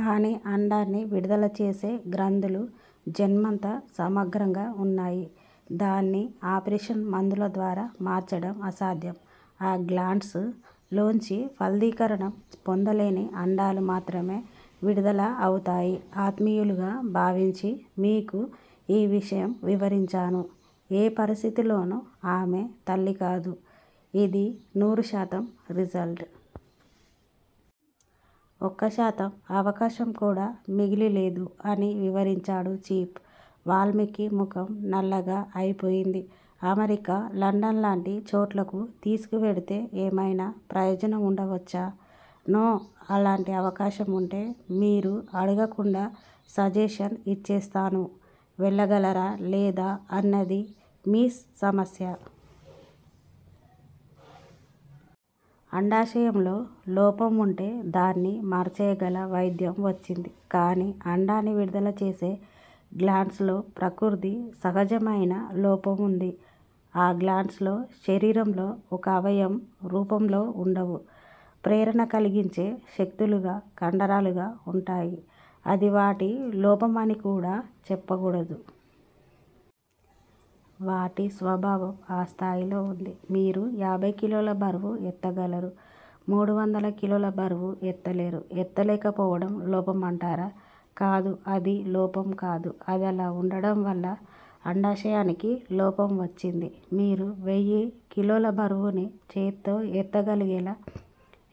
కాని అండాన్ని విడుదల చేసే గ్రంధులు జన్మతః సమగ్రంగా ఉన్నాయి. దాన్ని ఆపరేషన్, మందులద్వారా మార్చటం అసాధ్యం! ఆ గ్లాండ్స్ లోంచి ఫలదీకరణం పొందలేని అండాలు మాత్రమే విడుదల అవుతాయి. ఆత్మీయులుగా భావించి మీకు ఈ విషయం వివరించాను. ఏ పరిస్థితిలోనూ ఆమె తల్లికాదు. ఇది నూరుశాతం రిజల్ట్! ఒక్క శాతం అవకాశం కూడా మిగిలి లేదు అని వివరించాడు చీఫ్! వాల్మీకి ముఖం నల్లగా అయిపొయింది. అమెరికా లండన్ లాంటి చోట్లకు తీసుకు వెడితే ఏమయినా ప్రయోజనం వుండవచ్చా. నో! అలాంటి అవకాశం వుంటే మీరు అడగకుండా సజెషన్ ఇచ్చేస్తాను. వెళ్ళగలరా లేదా అన్నది మీ సమస్య. అండాశయంలో లోపం వుంటే దాన్ని మార్చేయగల వైద్యం వచ్చింది. కాని అండాన్ని విడుదల చేసే గ్లాండ్స్ లో ప్రకృతి సహజమయిన లోపం ఉంది. ఆ గ్లాండ్స్ శరీరంలో ఒక అవయవం రూపంలో వుండవు. ప్రేరణకలిగించే శక్తులుగా కండరాలుగా ఉంటాయి. అది వాటి లోపం అని కూడ చెప్పకూడదు. వాటి స్వభావం ఆ స్థాయిలో ఉంది! మీరు యాభై కిలోల బరువు ఎత్తగలరు. మూడు వందల కిలోల బరువు ఎత్తలేరు. ఎత్తలేక పోవడం లోపమంటారా? కాదు అది లోపం కాదు. అదలా వుండడంవల్ల అండాశయానికి లోపం వచ్చింది. మీరు వెయ్యి కిలోల బరువుని చేతితో ఎత్తగలిగేలా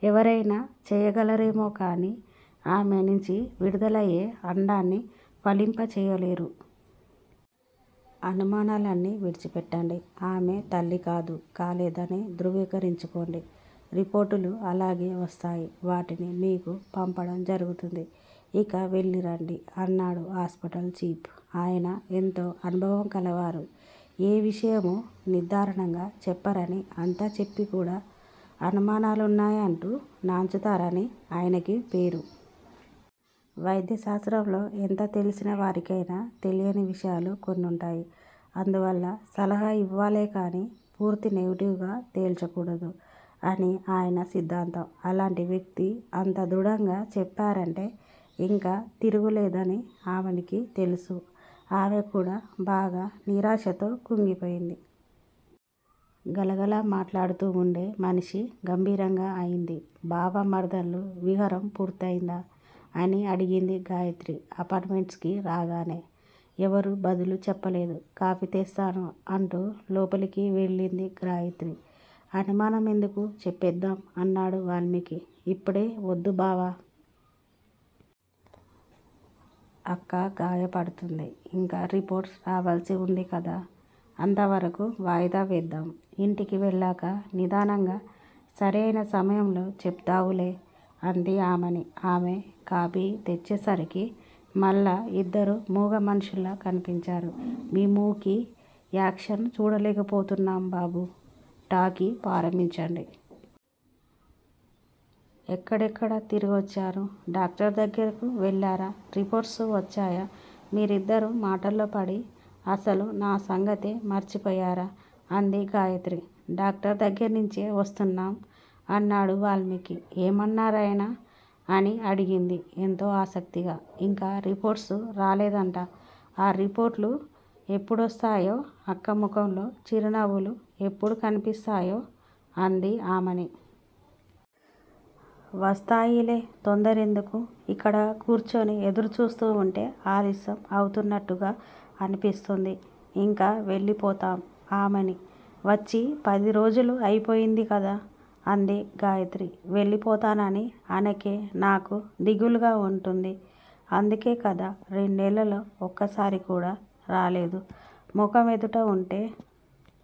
ఎవరయినా చేయగలరేమోకాని ఆమె నించి విడుదలయే అండాన్ని ఫలింపచేయలేరు. అనుమానాలన్నీ విడిచిపెట్టండి! ఆమె తల్లి కాదు కాలేదని ధృవీకరించుకోండి. రిపోర్టులు అలాగే వస్తాయి. వాటిని మీకు పంపటం జరుగుతుంది! ఇక వెళ్ళిరండి! అన్నాడు హాస్పిటల్ చీఫ్! ఆయన ఎంతో అనుభవం కలవారు. ఏ విషయమూ నిర్ధారణగా చెప్పరని అంతా చెప్పికూడ అనుమానాలున్నాయంటూ నాన్చుతారని ఆయనకి పేరు. వైద్య శాస్త్రంలో ఎంత తెలిసిన వారికయినా తెలియని విషయాలు కొన్ని వుంటాయి. అందువల్ల సలహా యివ్వాలేకాని పూర్తి నెగెటివ్ గా తేల్చకూడదు అని ఆయన సిద్ధాంతం. అలాంటి వ్యక్తి అంత దృఢంగా చెప్పారంటే ఇంక తిరుగులేదని అమనికి తెలుసు! ఆమె కూడ బాగా నిరాశతో కుంగిపోయింది. గలగల మాటాడుతూ వుండే మనిషి గంభీరంగా అయింది. బావా మరదళ్ళ విహారం పూర్తి అయిందా? అని అడిగింది గాయత్రి అపార్టుమెంట్స్ కి రాగానే, ఎవరూ బదులు చెప్పలేదు. కాఫీ తెస్తాను అంటూ లోపలికి వెళ్ళింది గాయత్రి. అనుమానం ఎందుకు చెప్పేద్దాం అన్నాడు వాల్మీకి. ఇప్పుడే వద్దు బావా! అక్క గాయపడుతుంది. ఇంకా రిపోర్టు రావాల్సి వుంది కదా! అంతవరకూ వాయిదా వేద్దాం! ఇంటికి వెళ్ళాక నిదానంగా సరి అయిన సమయంలో చెప్దువులే! అంది ఆమని. ఆమె కాఫీ తెచ్చేసరికి మళ్ళా యిద్దరూ మూగ మనుషుల్లా కన్పించారు. మీ మూకీ యాక్షన్ చూడలేకపోతున్నాం బాబూ! టాకీ ప్రారంభించండి. ఎక్కడెక్కడ తిరిగొచ్చారు. డాక్టర్ దగ్గరకు వెళ్ళారా? రిపోర్ట్స్ వచ్చాయా? మీరిద్దరూ మాటల్లోపడి అసలు నా సంగతే మర్చిపోయారా? అంది గాయత్రి. డాక్టర్ దగ్గరినించే వస్తున్నాం అన్నాడు వాల్మీకి. ఏమన్నారాయన? అని అడిగింది ఎంతో ఆసక్తిగా. ఇంకా రిపోర్ట్సు రాలేదట! ఆ రిపోర్టులు ఎప్పుడొస్తాయో! అక్క ముఖంలో చిరునవ్వులు ఎప్పుడు కనిపిస్తాయో అంది ఆమని. వస్తాయిలే తొందర ఎందుకు? ఇక్కడ కూర్చుని ఎదురుచూస్తూ వుంటే ఆలస్యం అవుతున్నట్టుగా అనిపిస్తుంది. ఇంక వెళ్ళిపోతాం ఆమనీ! వచ్చి పది రోజులు అయిపొయింది కదా? అంది గాయత్రి. వెళ్ళిపోతానని అనకే నాకు దిగులుగా వుంటుంది. అందుకే కదా రెండేళ్ళలో ఒక్కసారి కూడా రాలేదు. ముఖం ఎదుట వుంటే